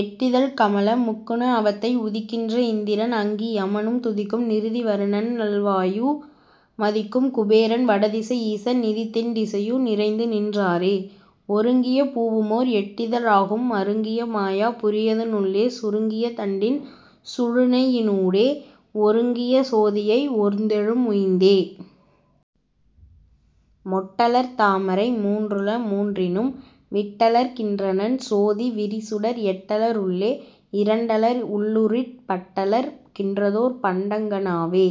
எட்டிதழ்க் கமல முக்குண அவத்தை உதிக்கின்ற இந்திரன் அங்கி யமனும் துதிக்கும் நிருதி வருணன்நல் வாயு மதிக்கும் குபேரன் வடதிசை யீசன் நிதித்தெண் டிசையு நிறைந்துநின் றாரே. ஒருங்கிய பூவுமோர் எட்டித ழாகும் மருங்கிய மாயா புரியத னுள்ளே சுருங்கிய தண்டின் சுழுனையி னூடே ஒருங்கிய சோதியை ஒர்ந்தெழும் உய்ந்தே. மொட்டலர் தாமரை மூன்றுள மூன்றினும் விட்டலர் கின்றனன் சோதி விரிசுடர் எட்டல ருள்ளே இரண்டலர் உள்ளுறிற் பட்டலர் கின்றதோர் பண்டங் கனாவே.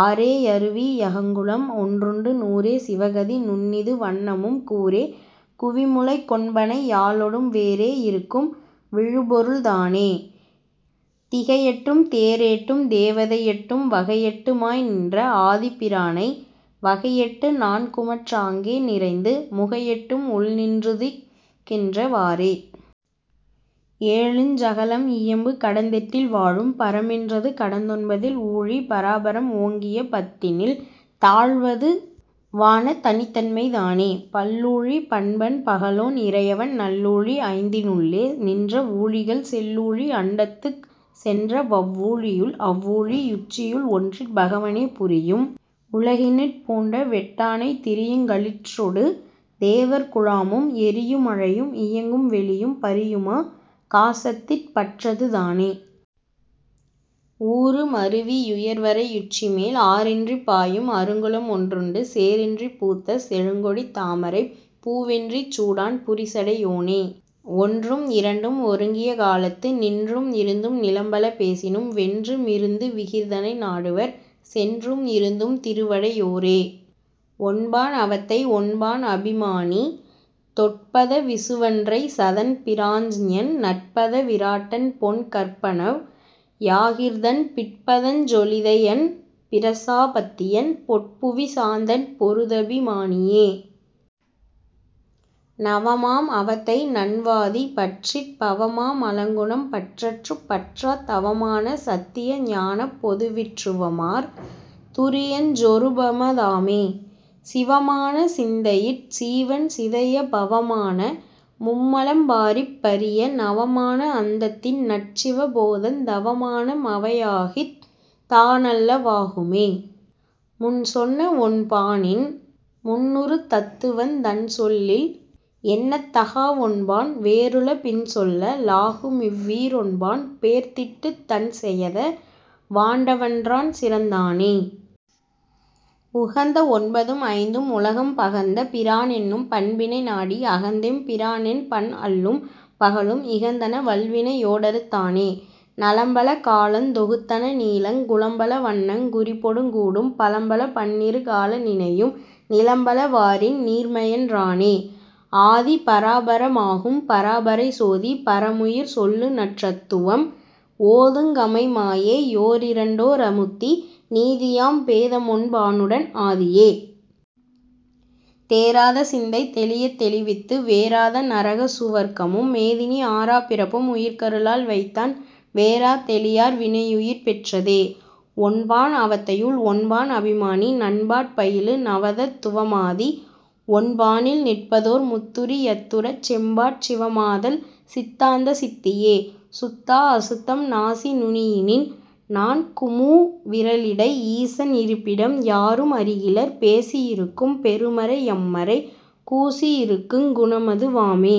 ஆறே யருவி யகங்குளம் ஒன்றுண்டு நூறே சிவகதி நுண்ணிது வண்ணமும் கூறே குவிமுலைக் கொண்பனை யாளொடும் வேறே யிருக்கும் விழுபொருள் தானே. திகையெட்டும் தேரேட்டும் தேவதை எட்டும் வகையெட்டு மாய்நின்ற ஆதிப் பிரானை வகையெட்டு நான்குமற் றாங்கே நிறைந்து முகையெட்டும் உள்நின் றுதிக்கின்ற வாறே. ஏழுஞ் சகளம் இயம்பு கடந்தெட்டில் வாழும் பரமென் றதுகடந் தொன்பதில் ஊழி பராபரம் ஓங்கிய பத்தினில் தாழ்வது வான தனித்தன்மை தானே. பல்லூழி பண்பன் பகலோன் இறையவன் நல்லூழி ஐந்தினுள் ளேநின்ற வூழிகள் செல்லூழி அண்டத்துக் சென்றவவ் வூழியுள் அவ்வூழி யுச்சியு ள்ஒன்றிற் பகவனே புரியும் உலகினிற் பூண்டவெட் டானை திரியுங் களிற்றொடு தேவர் குழாமும் எரியு மழையும் இயங்கும் வெளியும் பரியுமா காசத்திற் பற்றது தானே. ஊறு மருவி யுயர்வரை யுச்சிமேல் ஆறின்றிப் பாயும் அருங்குளம் ஒன்றுண்டு சேறின்றிப் பூத்த செழுங்கொடித் தாமரைப் பூவின்றிச் சூடான் புரிசடை யோனே. ஒன்றும் இரண்டும் ஒருங்கிய காலத்து நின்றும் இருந்தும் நிலம்பல பேசினும் வென்று மிருந்து விகிர்தனை நாடுவர் சென்றும் இருந்தும் திருவடை யோரே.. ஒன்பான் அவத்தை ஒன்பான் அபிமானி தொற்பத விசுவன் றைசதன் பிராஞ்ஞன் நற்பத விராட்டன்பொன் கர்ப்பனவ் யாகிர்தன் பிற்பதஞ் சொலிதையன் பிரசா பத்தியன் பொற்புவி சாந்தன் பொருதபி மானியே. நவமாம் அவத்தை நன்வாதி பற்றிற் பவமா மலங்குணம் பற்றற்றுப் பற்றாத் தவமான சத்திய ஞானப் பொதுவிற் றுவமார் துரியஞ் சொருபம தாமே. சிவமான சிந்தையிற் சீவன் சிதைய பவமான மும்மலம் பாறிப் பறிய நவமான அந்தத்தின் நற்சிவ போதந் தவமான மவையாகித் தானல்ல வாகுமே. முன்சொன்ன வொன்பானின் முன்னுறு தத்துவந் தன்சொல்லில் எண்ணத்தகாவொன்பான் வேறுள பின்சொல்ல லாகுமிவ் வீரொன்பான் பேர்த்திட்டுத் தன்செயத வாண்டவன் றான்சிறந் தானே. உகந்த ஒன்பதும் ஐந்தும் உலகம் பகர்ந்த பிரானென்னும் பண்பினை நாடி அகந்தெம் பிரானென்பன் அல்லும் பகலும் இகந்தன வல்வினை யோடறுத் தானே. நலம்பல காலந் தொகுத்தன நீளங் குலம்பல வண்ணங் குறிப்பொடுங் கூடும் பலம்பல பன்னிரு கால நினையும் நிலம்பல வாறின் நீர்மையன் றானே. ஆதி பராபர மாகும் பராபரை சோதி பரமுயிர் சொல்லுநற் றத்துவம் ஓதுங் கமைமாயே யோரிரண் டோ ரமுத்தி நீதியாம் பேதமொன் பானுடன் ஆதியே. தேராத சிந்தை தெளியத் தெளிவித்து வேறாத நரக சுவர்க்கமும் மேதினி ஆறாப் பிறப்பும் உயிர்க்கரு ளால்வைத்தான் வேறாத் தெளியார் வினையுயிர் பெற்றதே. ஒன்பான் அவத்தையுள் ஒன்பான் அபிமானி நன்பாற் பயிலு நவதத் துவமாதி ஒன்பானில் நிற்பதோர் முத்துரி யத்துறச் செம்பாற் சிவமாதல் சித்தாந்த சித்தியே.. சுத்தாஅசுத்தம் நாசி நுனியினின் நான்குமூ விரலிடை ஈசன் இருப்பிடம் யாரும் அறிகிலர் பேசி யிருக்கும் பெருமறை யம்மறை கூசி யிருக்குங் குணமது வாமே.